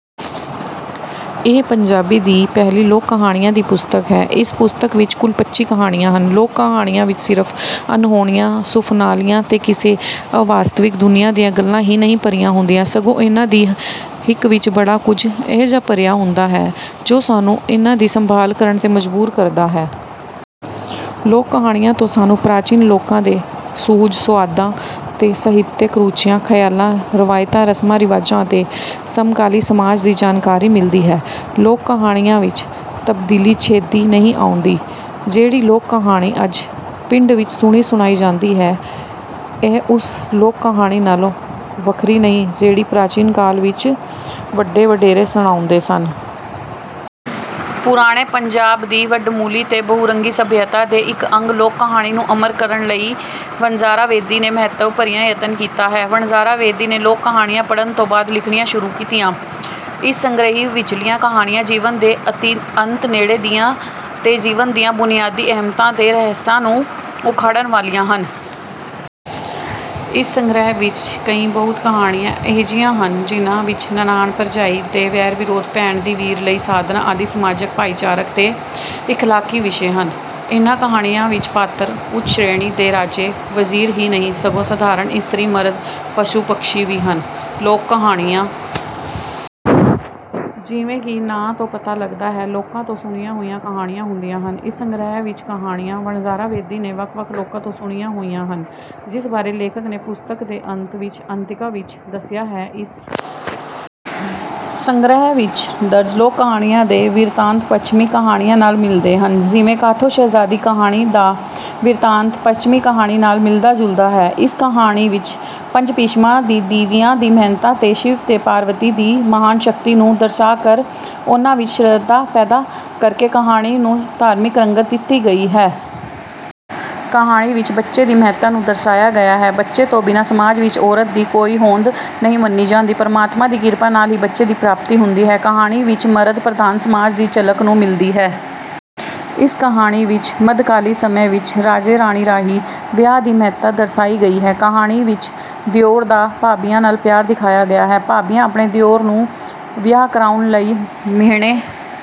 ਇਹ ਪੰਜਾਬੀ ਦੀ ਪਹਿਲੀ ਲੋਕ-ਕਹਾਣੀਆਂ ਦੀ ਪੁਸਤਕ ਹੈ। ਇਸ ਪੁਸਤਕ ਵਿੱਚ ਕੁੱਲ ਪੱਚੀ ਕਹਾਣੀਆਂ ਹਨ। ਲੋਕ-ਕਹਾਣੀਆਂ ਵਿਚ ਸਿਰਫ਼ ਅਨਹੋਣੀਆਂ, ਸੁਫ਼ਨਾਲੀਆਂ ਤੇ ਕਿਸੇ ਅਵਾਸਤਵਿਕ ਦੁਨੀਆਂ ਦੀਆਂ ਗੱਲਾਂ ਹੀ ਨਹੀਂ ਭਰੀਆਂ ਹੁੰਦੀਆਂ, ਸਗੋਂ ਇਹਨਾਂ ਦੀ ਹਿੱਕ ਵਿਚ ਬੜਾ ਕੁਝ ਅਜਿਹਾ ਭਰਿਆ ਪਿਆ ਹੁੰਦਾ ਹੈ, ਜੋ ਸਾਨੂੰ ਇਹਨਾਂ ਦੀ ਸੰਭਾਲ ਕਰਨ ਤੇ ਮਜ਼ਬੂਰ ਕਰਦਾ ਹੈ। ਲੋਕ-ਕਹਾਣੀਆਂ ਤੋਂ ਸਾਨੂੰ ਪ੍ਰਾਚੀਨ ਲੋਕਾਂ ਦੇ ਸੁਹਜ, ਸਵਾਦਾਂ ਤੇ ਸਾਹਿਤਕ ਰੁਚੀਆਂ, ਖ਼ਿਆਲਾਂ, ਰਵਾਇਤਾਂ, ਰਸਮ-ਰਿਵਾਜਾਂ ਅਤੇ ਸਮਕਾਲੀ ਸਮਾਜ ਦੀ ਜਾਣਕਾਰੀ ਮਿਲਦੀ ਹੈ। ਲੋਕ-ਕਹਾਣੀਆਂ ਵਿਚ ਤਬਦੀਲੀ ਛੇਤੀ ਨਹੀਂ ਆਉਂਦੀ। ਜਿਹੜੀ ਲੋਕ-ਕਹਾਣੀ ਅੱਜ ਪਿੰਡ ਵਿਚ ਸੁਣੀ-ਸੁਣਾਈ ਜਾਂਦੀ ਹੈ, ਇਹ ਉਸ ਲੋਕ-ਕਹਾਣੀ ਨਾਲੋਂ ਵੱਖਰੀ ਨਹੀਂ, ਜਿਹੜੀ ਪ੍ਰਾਚੀਨ ਕਾਲ ਵਿਚ ਵੱਡੇ-ਵਡੇਰੇ ਸੁਣਾਉਂਦੇ ਸਨ। ਪੁਰਾਣੇ ਪੰਜਾਬ ਦੀ ਵਡਮੁੱਲੀ ਤੇ ਬਹੁ-ਰੰਗੀ ਸਭਿਅਤਾ ਦੇ ਇਕ ਅੰਗ ਲੋਕ-ਕਹਾਣੀ ਨੂੰ ਅਮਰ ਕਰਨ ਲਈ ਵਣਜਾਰਾ ਬੇਦੀ ਨੇ ਮਹੱਤਵ-ਭਰਿਆ ਯਤਨ ਕੀਤਾ ਹੈ। ਵਣਜਾਰਾ ਬੇਦੀ ਨੇ ਲੋਕ-ਕਹਾਣੀਆਂ ਪੜ੍ਹਨ ਤੋਂ ਬਾਅਦ ਲਿਖਣੀਆਂ ਸ਼ੁਰੂ ਕੀਤੀਆਂ। ਇਸ ਸੰਗ੍ਰਹਿ ਵਿਚਲੀਆਂ ਕਹਾਣੀਆਂ ਜੀਵਨ ਦੇ ਅਤਿਅੰਤ ਨੇੜੇ ਦੀਆਂ ਤੇ ਜੀਵਨ ਦੀਆਂ ਬੁਨਿਆਦੀ ਅਹਿਮੀਅਤਾਂ ਤੇ ਰਹੱਸਾਂ ਨੂੰ ਉਘਾੜਨ ਵਾਲੀਆਂ ਹਨ। ਇਸ ਸੰਗ੍ਰਹਿ ਵਿਚ ਕਈ ਬਹੁਤ ਕਹਾਣੀਆਂ ਅਜਿਹੀਆਂ ਹਨ, ਜਿਹਨਾਂ ਵਿਚ ਨਨਾਣ-ਭਰਜਾਈਆਂ ਦੇ ਵੈਰ-ਵਿਰੋਧ, ਭੈਣ ਦੀ ਵੀਰ ਲਈ ਸਾਧਨਾ ਆਦਿ ਸਮਾਜਕ, ਭਾਈਚਾਰਕ ਤੇ ਇਖ਼ਲਾਕੀ ਵਿਸ਼ੇ ਹਨ। ਇਹਨਾਂ ਕਹਾਣੀਆਂ ਵਿਚ ਪਾਤਰ ਉੱਚ-ਸ਼੍ਰੇਣੀ ਦੇ ਰਾਜੇ, ਵਜ਼ੀਰ ਹੀ ਨਹੀਂ, ਸਗੋਂ ਸਾਧਾਰਨ ਇਸਤਰੀ-ਮਰਦ, ਪਸ਼ੂ-ਪੰਛੀ ਵੀ ਹਨ। ਲੋਕ-ਕਹਾਣੀਆਂ, ਜਿਵੇਂ ਕਿ ਨਾਂ ਤੋਂ ਪਤਾ ਲਗਦਾ ਹੈ, ਲੋਕਾਂ ਤੋਂ ਸੁਣੀਆਂ ਹੋਈਆਂ ਕਹਾਣੀਆਂ ਹੁੰਦੀਆਂ ਹਨ। ਇਸ ਸੰਗ੍ਰਹਿ ਵਿਚ ਦਰਜ ਕਹਾਣੀਆਂ ਵਣਜਾਰਾ ਬੇਦੀ ਨੇ ਵੱਖ-ਵੱਖ ਲੋਕਾਂ ਤੋਂ ਸੁਣੀਆਂ ਹੋਈਆਂ ਹਨ, ਜਿਸ ਬਾਰੇ ਲੇਖਕ ਨੇ ਪੁਸਤਕ ਦੇ ਅੰਤ ਵਿਚ ਅੰਤਿਕਾ ਵਿਚ ਦੱਸਿਆ ਹੈ। ਇਸ ਸੰਗ੍ਰਹਿ ਵਿਚ ਦਰਜ ਲੋਕ-ਕਹਾਣੀਆਂ ਦੇ ਬਿਰਤਾਂਤ ਪੱਛਮੀ ਕਹਾਣੀਆਂ ਨਾਲ ਮਿਲਦੇ ਹਨ। ਜਿਵੇਂ ‘ਕਾਠੋ ਸ਼ਹਿਜ਼ਾਦੀ’ ਕਹਾਣੀ ਦਾ ਬਿਰਤਾਂਤ ਪੱਛਮੀ ਕਹਾਣੀ ਨਾਲ ਮਿਲਦਾ-ਜੁਲਦਾ ਹੈ। ਇਸ ਕਹਾਣੀ ਵਿਚ ਪੰਜ ਭੀਖਮਾਂ ਦੇ ਦੀਵਿਆਂ ਦੀ ਮਹਾਨਤਾ ਤੇ ਸ਼ਿਵ ਤੇ ਪਾਰਬਤੀ ਦੀ ਮਹਾਨ ਸ਼ਕਤੀ ਨੂੰ ਦਰਸਾ ਕੇ ਉਨ੍ਹਾਂ ਵਿਚ ਸ਼ਰਧਾ ਪੈਦਾ ਕਰਕੇ ਕਹਾਣੀ ਨੂੰ ਧਾਰਮਿਕ ਰੰਗਤ ਦਿੱਤੀ ਗਈ ਹੈ। ਕਹਾਣੀ ਵਿਚ ਬੱਚੇ ਦੀ ਮਹੱਤਤਾ ਨੂੰ ਦਰਸਾਇਆ ਗਿਆ ਹੈ। ਬੱਚੇ ਤੋਂ ਬਿਨਾਂ ਸਮਾਜ ਵਿਚ ਔਰਤ ਦੀ ਕੋਈ ਹੋਂਦ ਨਹੀਂ ਮੰਨੀ ਜਾਂਦੀ। ਪਰਮਾਤਮਾ ਦੀ ਕਿਰਪਾ ਨਾਲ ਹੀ ਬੱਚੇ ਦੀ ਪ੍ਰਾਪਤੀ ਹੁੰਦੀ ਹੈ। ਕਹਾਣੀ ਵਿੱਚ ਮਰਦ-ਪ੍ਰਧਾਨ ਸਮਾਜ ਦੀ ਝਲਕ ਮਿਲਦੀ ਹੈ। ਇਸ ਕਹਾਣੀ ਵਿਚ ਮੱਧਕਾਲੀ ਸਮੇਂ ਵਿਚ ਰਾਜੇ-ਰਾਣੀ ਰਾਹੀਂ ਵਿਆਹ ਦੀ ਮਹੱਤਤਾ ਦਰਸਾਈ ਗਈ ਹੈ। ਕਹਾਣੀ ਵਿਚ ਦਿਉਰ ਦਾ ਭਾਬੀਆਂ ਨਾਲ ਪਿਆਰ ਦਿਖਾਇਆ ਗਿਆ ਹੈ। ਭਾਬੀਆਂ ਆਪਣੇ ਦਿਉਰ ਨੂੰ ਵਿਆਹ ਕਰਾਉਣ ਲਈ ਮਿਹਣੇ...